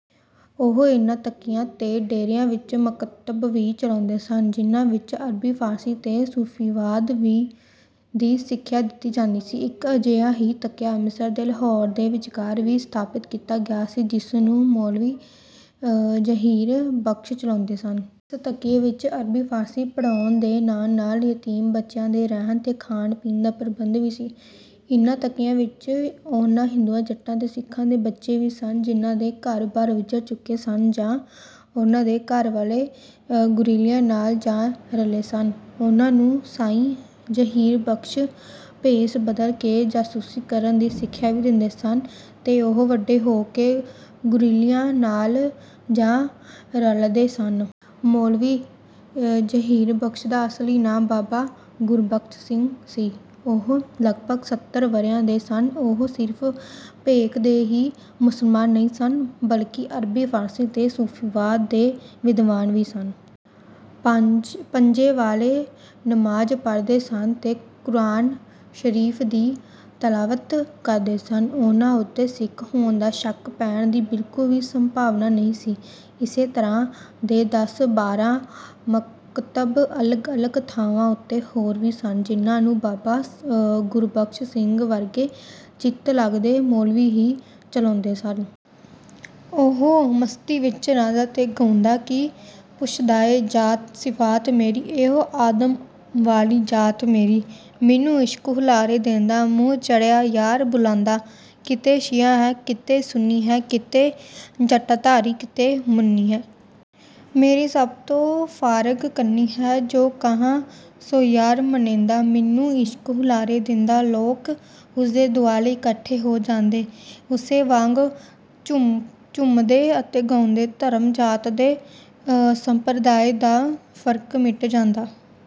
ਉਹ ਇਹਨਾਂ ਤਕੀਆਂ ਤੇ ਡੇਰਿਆਂ ਵਿੱਚ ਮਕਤਬ ਵੀ ਚਲਾਉਂਦੇ ਸਨ, ਜਿਹਨਾਂ ਵਿੱਚ ਅਰਬੀ, ਫਾਰਸੀ ਤੇ ਸੂਫੀਵਾਦ ਦੀ ਸਿੱਖਿਆ ਦਿੱਤੀ ਜਾਂਦੀ ਸੀ। ਇੱਕ ਅਜਿਹਾ ਹੀ ਤਕੀਆ ਅੰਮ੍ਰਿਤਸਰ ਤੇ ਲਾਹੌਰ ਦੇ ਵਿਚਕਾਰ ਵੀ ਸਥਾਪਤ ਕੀਤਾ ਗਿਆ ਸੀ, ਜਿਸ ਨੂੰ ਮੌਲਵੀ ਜ਼ਹੀਰ ਬਖ਼ਸ਼ ਚਲਾਉਂਦੇ ਸਨ। ਇਸ ਤਕੀਏ ਵਿੱਚ ਅਰਬੀ, ਫਾਰਸੀ ਪੜ੍ਹਾਉਣ ਦੇ ਨਾਲ-ਨਾਲ ਯਤੀਮ ਬੱਚਿਆਂ ਦੇ ਰਹਿਣ ਤੇ ਖਾਣ-ਪੀਣ ਦਾ ਪ੍ਰਬੰਧ ਵੀ ਸੀ। ਇਹਨਾਂ ਤਕੀਆਂ ਵਿੱਚ ਉਹਨਾਂ ਹਿੰਦੂਆ-ਜੱਟਾਂ ਤੇ ਸਿੱਖਾਂ ਦੇ ਬੱਚੇ ਵੀ ਸਨ ਜਿਹਨਾਂ ਦੇ ਘਰ-ਬਾਰ ਉੱਜੜ ਚੁੱਕੇ ਸਨ ਜਾਂ ਜਿਹਨਾਂ ਦੇ ਘਰਵਾਲੇ ਗੁਰੀਲਿਆਂ ਨਾਲ ਜਾ ਰਲੇ ਸਨ, ਉਹਨਾਂ ਨੂੰ ਸਾਈਂ ਜ਼ਹੀਰ ਬਖ਼ਸ਼ ਭੇਸ ਬਦਲ ਕੇ ਜਾਸੂਸੀ ਕਰਨ ਦੀ ਸਿੱਖਿਆ ਵੀ ਦਿੰਦੇ ਸਨ ਤੇ ਉਹ ਵੱਡੇ ਹੋ ਕੇ ਗੁਰੀਲਿਆਂ ਨਾਲ ਜਾ ਰਲਦੇ ਸਨ। ਮੌਲਵੀ ਜ਼ਹੀਰ ਬਖ਼ਸ਼ ਦਾ ਅਸਲੀ ਨਾਮ ਬਾਬਾ ਗੁਰਬਖ਼ਸ਼ ਸਿੰਘ ਸੀ। ਉਹ ਲਗਭਗ ਸੱਤਰ ਵਰ੍ਹਿਆਂ ਦੇ ਸਨ। ਉਹ ਸਿਰਫ਼ ਭੇਖ ਦੇ ਹੀ ਮੁਸਲਮਾਨ ਨਹੀਂ ਸਨ, ਬਲਕਿ ਅਰਬੀ, ਫਾਰਸੀ ਤੇ ਸੂਫੀਵਾਦ ਦੇ ਵਿਦਵਾਨ ਵੀ ਸਨ। ਪੰਜੇ ਵੇਲੇ ਨਮਾਜ਼ ਪੜ੍ਹਦੇ ਸਨ ਤੇ ਕੁਰਾਨ ਸ਼ਰੀਫ਼ ਦੀ ਤਲਾਵਤ ਕਰਦੇ ਸਨ। ਉਹਨਾਂ ਉੱਤੇ ਸਿੱਖ ਹੋਣ ਦਾ ਸ਼ੱਕ ਪੈਣ ਦੀ ਬਿਲਕੁਲ ਹੀ ਸੰਭਾਵਨਾ ਨਹੀਂ ਸੀ। ਇਸੇ ਤਰ੍ਹਾਂ ਦੇ ਦਸ-ਬਾਰਾਂ ਮਕਤਬ, ਅਲੱਗ-ਅਲੱਗ ਥਾਵਾਂ ਉੱਤੇ, ਹੋਰ ਵੀ ਸਨ ਜਿਹਨਾਂ ਨੂੰ ਬਾਬਾ ਗੁਰਬਖ਼ਸ਼ ਸਿੰਘ ਵਰਗੇ ਚਿੱਤ-ਲਗਦੇ ਮੌਲਵੀ ਹੀ ਚਲਾਉਂਦੇ ਸਨ। ਉਹ ਮਸਤੀ ਵਿੱਚ ਨੱਚਦਾ ਤੇ ਗਾਉਂਦਾ, 'ਕੀ ਪੁੱਛਦਾਏਂ ਜਾਤ ਸਿਫਾਤ ਮੇਰੀ, ਓਹੋ ਆਦਮ ਵਾਲੀ ਜਾਤ ਮੇਰੀ। ਮੈਨੂੰ ਇਸ਼ਕ ਹੁਲਾਰੇ ਦੇਂਦਾ, ਮੂੰਹ ਚੜ੍ਹਿਆ ਯਾਰ ਬੁਲੇਂਦਾ। ਕਿਤੇ ਸ਼ੀਆ ਹੈ ਕਿਤੇ ਸੁਨੀ ਹੈ, ਕਿਤੇ ਜਟਾਧਾਰੀ ਕਿਤੇ ਮੁਨੀ ਹੈ। ਮੇਰੀ ਸਭ ਤੋਂ ਫਾਰਗ ਕੰਨੀਂ ਹੈ, ਜੋ ਕਹਾਂ ਸੋ ਯਾਰ ਮਨੇਂਦਾ ਮੈਨੂੰ ਇਸ਼ਕ ਹੁਲਾਰੇ ਦੇਂਦਾ।' ਲੋਕ ਉਸਦੇ ਦੁਆਲੇ ਇਕੱਠੇ ਹੋ ਜਾਂਦੇ। ਉਸੇ ਵਾਂਗ ਝੂੰਮਦੇ ਤੇ ਗਾਉਂਦੇ। ਧਰਮ, ਜਾਤ ਤੇ ਸੰਪਰਦਾਏ ਦਾ ਫਰਕ ਮਿਟ ਜਾਂਦਾ।